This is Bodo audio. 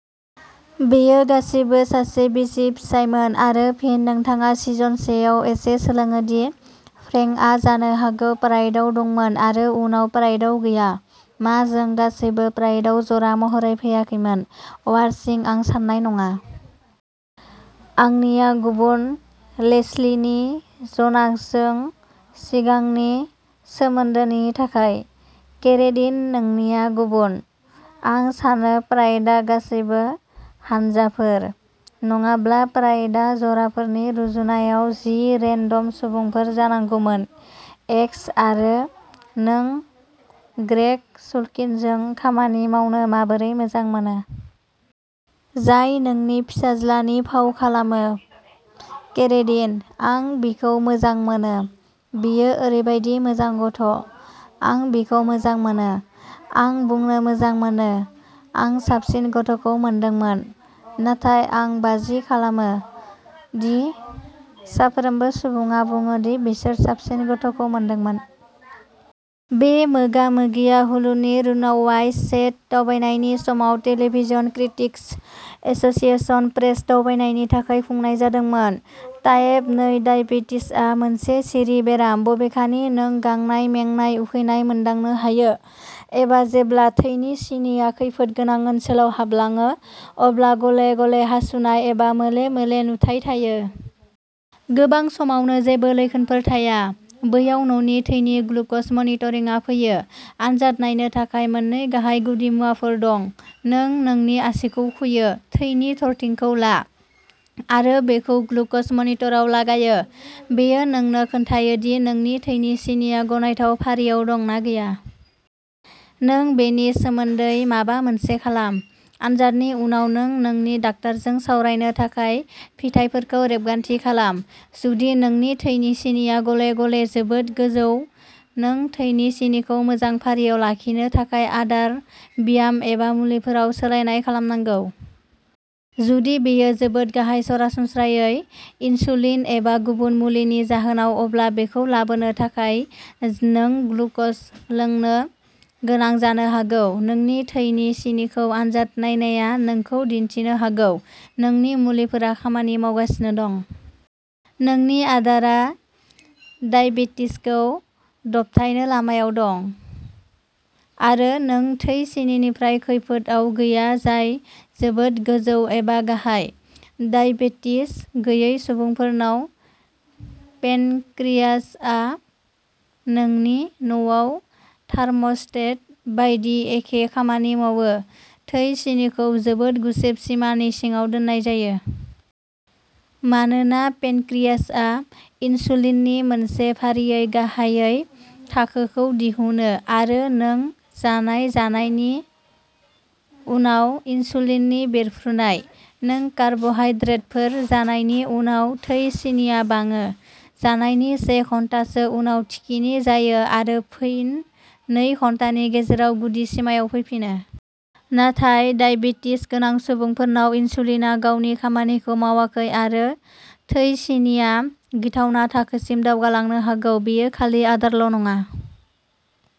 बेयो गासिबो सासे बिसि फिसायमोन आरो फिन नोंथाङा सिजन से आव एसे सोलोङो दि फ्रेंकआ जानो हागौ प्राइडआव दंमोन आरो उनाव प्राइडआव गैया। मा जों गासैबो प्राइडआव जरा महरै फैयाखैमोन? वारसिं आं सान्नाय नङा। आंनिआ गुबुन लेस्लिनि ज'नाहजों सिगांनि सोमोन्दोनि थाखाय। केरेडिन नोंनिआ गुबुन। आं सानो प्राइडआ गासैबो हानजाफोर। नङाब्ला प्राइडआ जराफोरनि रुजुनायाव जि रेन्डम सुबुंफोर जानांगौमोन। एक्स आरो नों ग्रेग सुल्किनजों खामानि मावनो माबोरै मोजां मोनो। जाय नोंनि फिसाज्लानि फाव खालामो? केरेडिनः आं बिखौ मोजां मोनो। बियो ओरैबायदि मोजां गथ'। आं बिखौ मोजां मोनो। आं बुंनो मोजां मोनो आं साबसिन गथ'खौ मोनदोंमोन। नाथाय आं बाजि खालामो दि साफ्रोमबो सुबुङा बुङो दि बिसोर साबसिन गथ'खौ मोनदोंमोन। बे मोगा-मोगिआ हुलुनि रुनावाइस सेट दावबायनायनि समाव टेलिभिजन क्रिटिक्स एस'सिएशन प्रेस दावबायनायनि थाखाय खुंनाय जादोंमोन। टाइप नै डायबेटिसआ मोनसे सिरि बेराम। बबेखानि नों गांनाय, मेंनाय, उखैनाय मोनदांनो हायो। एबा जेब्ला थैनि सिनिआ खैफोदगोनां ओनसोलाव हाबलाङो अब्ला गले-गले हासुनाय एबा मोले-मोले नुथाइ थायो। गोबां समावनो जेबो लैखोनफोर थाया। बैयाव न'नि थैनि ग्लुकज मनिटरिंआ फैयो। आनजाद नायनो थाखाय मोननै गाहाय गुदिमुवाफोर दं। नों नोंनि आसिखौ खुयो। थैनि थरथिंखौ ला आरो बेखौ ग्लुकज मनिटराव लागायो। बेयो नोंनो खोन्थायो दि नोंनि थैनि सिनिआ गनायथाव फारियाव दं ना गैया। नों बेनि सोमोन्दै माबा मोनसे खालाम। आनजादनि उनाव नों नोंनि डाक्टारजों सावरायनो थाखाय फिथायफोरखौ रेबगान्थि खालामो। जुदि नोंनि थैनि सिनिआ गले-गले जोबोद गोजौ नों थैनि सिनिखौ मोजां फारियाव लाखिनो थाखाय आदार ब्याम एबा मुलिफोराव सोलायनाय खालामनांगौ। जुदि बेयो जोबोद गाहाय सरासनस्रायै इनसुलिन एबा गुबुन मुलिनि जाहोनाव अब्ला बेखौ लाबोनो थाखाय नों ग्लुकज लोंनो गोनां जानो हागौ। नोंनि थैनि सिनिखौ आनजाद नायनाया नोंखौ दिन्थिनो हागौ। नोंनि मुलिफोरा खामानि मावगासिनो दं। नोंनि आदारा दाइबेटिसखौ दबथायनो लामायाव दं। आरो नों थै सिनिनिफ्राय खैफोदआव गैया जाय जोबोद गोजौ एबा गाहाय। दाइबेटिस गैयै सुबुंफोरनाव पेनक्रियाजआ नोंनि न'आव थार्मस्टेट बायदि एसे खामानि मावो। थै सिनिखौ जोबोद गुसेब सिमानि सिङाव दोननाय जायो। मानोना पेनक्रियाजआ इनसुलिननि मोनसे फारियै गाहाय थाखोखौ दिहुनो आरो नों जानाय जानायनि उनाव इनसुलिननि बेरफ्रुनाय। नों कार्बहाइड्रेटफोर जानायनि उनाव थै सिनिआ बाङो। जानायनि से घन्टासो उनाव थिखिनि जायो आरो फिन नै घन्टानि गेजेराव गुदि सिमायाव फैफिनो। नाथाय दाइबेटिस गोनां सुबुंफोरनाव इनसुलिनआ गावनि खामानिखौ मावाखै आरो थै सिनिआ गिथावना थाखोसिम दावगालांनो हागौ। बेयो खालि आदारल' नङा।